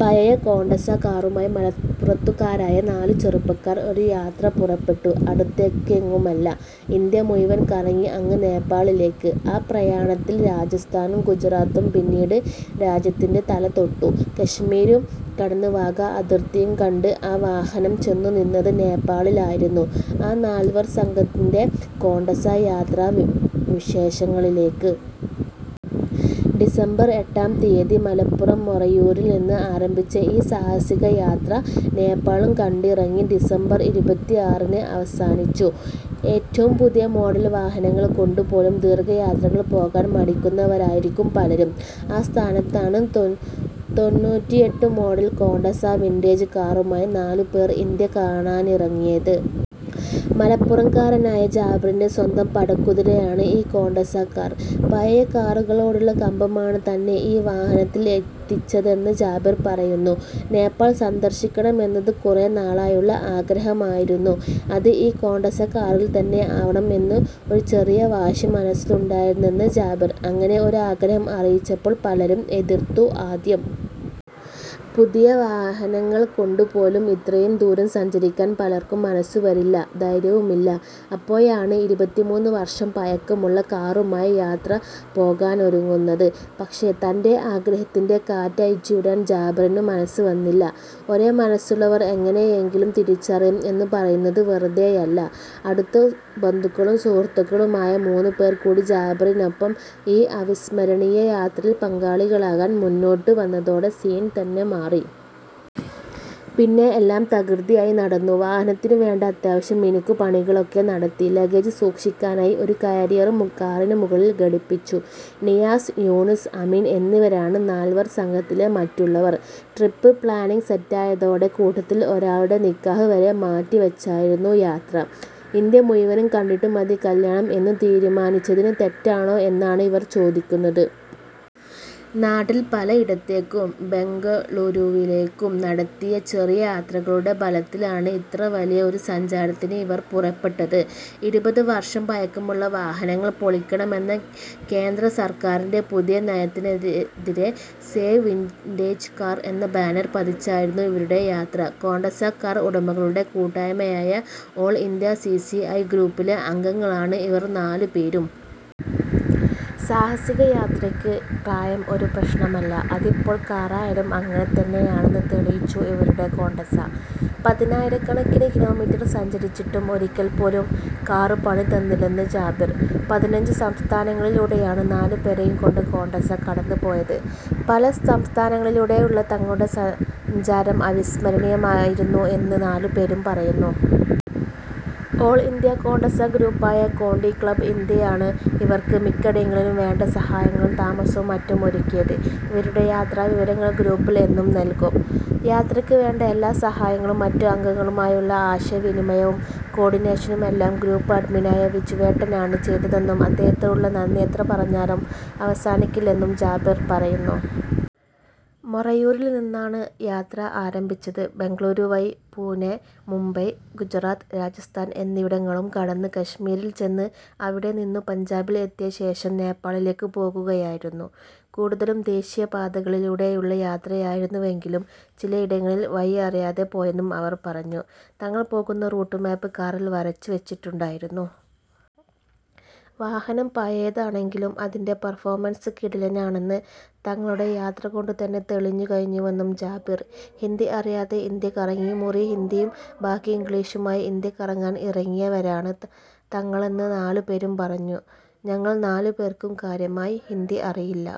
പഴയ കോണ്ടസ കാറുമായി മലപ്പുറത്തുകാരായ നാലു ചെറുപ്പക്കാർ ഒരു യാത്ര പുറപ്പെട്ടു. അടുത്തേക്കെങ്ങുമല്ല, ഇന്ത്യ മുഴുവനും കറങ്ങി അങ്ങ് നേപ്പാളിലേക്ക്. ആ പ്രയാണത്തിൽ രാജസ്ഥാനും ഗുജറാത്തും പിന്നിട്ട് രാജ്യത്തിന്‍റെ തലതൊട്ടു. കശ്മീരും കടന്ന് വാഗ അതിർത്തിയും കണ്ട് ആ വാഹനം ചെന്നുനിന്നത് നേപ്പാളിലായിരുന്നു. ആ നാൽവർ സംഘത്തിന്‍റെ കോണ്ടസാ യാത്രാവിശേഷങ്ങളിലേക്ക്. ഡിസംബർ എട്ടാം തീയതി മലപ്പുറം മൊറയൂരിൽനിന്ന് ആരംഭിച്ച ഈ സാഹസിക യാത്ര നേപ്പാളും കണ്ടിറങ്ങി ഡിസംബർ ഇരുപതിയാറിന് അവസാനിച്ചു. ഏറ്റവും പുതിയ മോഡൽ വാഹനങ്ങൾ കൊണ്ടുപോലും ദീർഘയാത്രകൾ പോകാൻ മടിക്കുന്നവരായിരിക്കും പലരും. ആ സ്ഥാനത്താണ് തൊന് തൊന്നൂറ്റിഎട്ടു മോഡൽ കോണ്ടസ വിന്റേജ് കാറുമായി നാലുപേർ ഇന്ത്യ കാണാനിറങ്ങിയത്. മലപ്പുറംകാരനായ ജാബിറിന്റെ സ്വന്തം പടക്കുതിരയാണ് ഈ കോണ്ടസ കാർ. പഴയ കാറുകളോടുള്ള കമ്പമാണ് തന്നെ ഈ വാഹനത്തിൽ എത്തിച്ചതെന്ന് ജാബിർ പറയുന്നു. നേപ്പാൾ സന്ദർശിക്കണമെന്നത് കുറേനാളായുള്ള ആഗ്രഹമായിരുന്നു. അത് ഈ കോണ്ടസ കാറിൽത്തന്നെ ആവണം എന്നും ഒരു ചെറിയ വാശി മനസ്സിലുണ്ടായിരുന്നെന്ന് ജാബിർ. ഇങ്ങനെ ഒരു ആഗ്രഹം അറിയിച്ചപ്പോൾ പലരും എതിർത്തു ആദ്യം. പുതിയ വാഹനങ്ങൾ കൊണ്ടുപോലും ഇത്രയും ദൂരം സഞ്ചരിക്കാൻ പലർക്കും മനസ്സു വരില്ല, ധൈര്യവുമില്ല. അപ്പോഴാണ് ഇരുപത്തിമൂന്ന് വർഷം പഴക്കമുള്ള കാറുമായി യാത്ര പോകാനൊരുങ്ങുന്നത്. പക്ഷേ തന്‍റെ ആഗ്രഹത്തിന്‍റെ കാറ്റഴിച്ചുവിടാൻ ജാബിറിനു മനസ്സ് വന്നില്ല. ഒരേ മനസ്സുള്ളവർ എങ്ങനെയാണെങ്കിലും തിരിച്ചറിയും എന്നു പറയുന്നത് വെറുതെയല്ല. അടുത്ത ബന്ധുക്കളും സുഹൃത്തുക്കളുമായ മൂന്നു പേർ കൂടി ജാബിറിനൊപ്പം ഈ അവിസ്മരണീയ യാത്രയിൽ പങ്കാളികളാകാൻ മുന്നോട്ടു വന്നതോടെ സീൻ തന്നെ മാറി. പിന്നെ എല്ലാം തകൃതിയായി നടന്നു. വാഹനത്തിനു വേണ്ട അത്യാവശ്യം മിനുക്കുപണികളൊക്കെ നടത്തി. ലഗേജ് സൂക്ഷിക്കാനായി ഒരു കാരിയറും കാറിന് മുകളിൽ ഘടിപ്പിച്ചു. നിയാസ്, യൂനുസ്, അമീൻ എന്നിവരാണ് നാൽവർ സംഘത്തിലെ മറ്റുള്ളവർ. ട്രിപ്പ് പ്ലാനിങ് സെറ്റായതോടെ കൂട്ടത്തിൽ ഒരാളുടെ നിക്കാഹ് വരെ മാറ്റി വച്ചായിരുന്നു യാത്ര. ഇന്ത്യ മുഴുവനും കണ്ടിട്ടു മതി കല്യാണം എന്ന് തീരുമാനിച്ചത് തെറ്റാണോ എന്നാണ് ഇവർ ചോദിക്കുന്നത്. നാട്ടിൽ പലയിടത്തേക്കും ബെംഗളൂരുവിലേക്കും നടത്തിയ ചെറിയ യാത്രകളുടെ ബലത്തിലാണ് ഇത്ര വലിയ ഒരു സഞ്ചാരത്തിന് ഇവർ പുറപ്പെട്ടത്. ഇരുപത് വർഷം പഴക്കമുള്ള വാഹനങ്ങൾ പൊളിക്കണമെന്ന കേന്ദ്ര സർക്കാരിന്റെ പുതിയ നയത്തിനെതിരെ സേവ് വിന്റേജ് കാർ എന്ന ബാനർ പതിച്ചായിരുന്നു ഇവരുടെ യാത്ര. കോണ്ടസ കാർ ഉടമകളുടെ കൂട്ടായ്മയായ all India C C I ഗ്രൂപ്പിലെ അംഗങ്ങളാണ് ഇവർ നാലുപേരും. സാഹസിക യാത്രയ്ക്ക് പ്രായം ഒരു പ്രശ്നമല്ല. അതിപ്പോൾ കാറായാലും അങ്ങനെ തന്നെയാണെന്ന് തെളിയിച്ചു ഇവരുടെ കോണ്ടസ. പതിനായിരക്കണക്കിന് കിലോമീറ്റർ സഞ്ചരിച്ചിട്ടും ഒരിക്കൽ പോലും കാർ പണി തന്നില്ലെന്ന് ജാബിർ. പതിനഞ്ചു സംസ്ഥാനങ്ങളിലൂടെയാണ് നാലുപേരെയും കൊണ്ട് കോണ്ടസ കടന്നു പോയത്. പല സംസ്ഥാനങ്ങളിലൂടെയുള്ള തങ്ങളുടെ സഞ്ചാരം അവിസ്മരണീയമായിരുന്നു എന്ന് നാലുപേരും പറയുന്നു. ഓൾ ഇന്ത്യ കോണ്ടസ ഗ്രൂപ്പായ കോണ്ടി ക്ലബ് ഇന്ത്യയാണ് ഇവർക്ക് മിക്കയിടങ്ങളിലും വേണ്ട സഹായങ്ങളും താമസവും മറ്റും ഒരുക്കിയത്. ഇവരുടെ യാത്രാവിവരങ്ങൾ ഗ്രൂപ്പിൽ എന്നും നൽകും. യാത്രയ്ക്ക് വേണ്ട എല്ലാ സഹായങ്ങളും മറ്റ് അംഗങ്ങളുമായുള്ള ആശയവിനിമയവും കോഓർഡിനേഷനുമെല്ലാം ഗ്രൂപ്പ് അഡ്മിനായ വിജുവേട്ടനാണ് ചെയ്തതെന്നും അദ്ദേഹത്തോടുള്ള നന്ദി എത്ര പറഞ്ഞാലും അവസാനിക്കില്ലെന്നും ജാബിർ പറയുന്നു. മൊറയൂരിൽ നിന്നാണ് യാത്ര ആരംഭിച്ചത്. ബെംഗളൂരു വഴി പുണെ, മുംബൈ, ഗുജറാത്ത്, രാജസ്ഥാൻ എന്നിവിടങ്ങളും കടന്ന് കശ്മീരിൽ ചെന്ന് അവിടെനിന്നു പഞ്ചാബിൽ എത്തിയ ശേഷം നേപ്പാളിലേക്കു പോകുകയായിരുന്നു. കൂടുതലും ദേശീയ പാതകളിലൂടെയുള്ള യാത്രയായിരുന്നുവെങ്കിലും ചിലയിടങ്ങളിൽ വഴിയറിയാതെ പോയെന്നും അവർ പറഞ്ഞു. തങ്ങൾ പോകുന്ന റൂട്ട് മാപ്പ് കാറിൽ വരച്ചു വച്ചിട്ടുണ്ടായിരുന്നു. വാഹനം പഴയതാണെങ്കിലും അതിന്റെ പെർഫോമൻസ് കിടിലനാണെന്ന് തങ്ങളുടെ യാത്ര കൊണ്ടുതന്നെ തെളിഞ്ഞു കഴിഞ്ഞുവെന്നും ജാബിർ. ഹിന്ദി അറിയാതെ ഇന്ത്യ കറങ്ങി മുറി ഹിന്ദിയും ബാക്കി ഇംഗ്ലിഷുമായി ഇന്ത്യ കറങ്ങാൻ ഇറങ്ങിയവരാണ് തങ്ങളെന്ന് നാലുപേരും പറഞ്ഞു. '' ഞങ്ങൾ നാലു പേർക്കും കാര്യമായി ഹിന്ദി അറിയില്ല.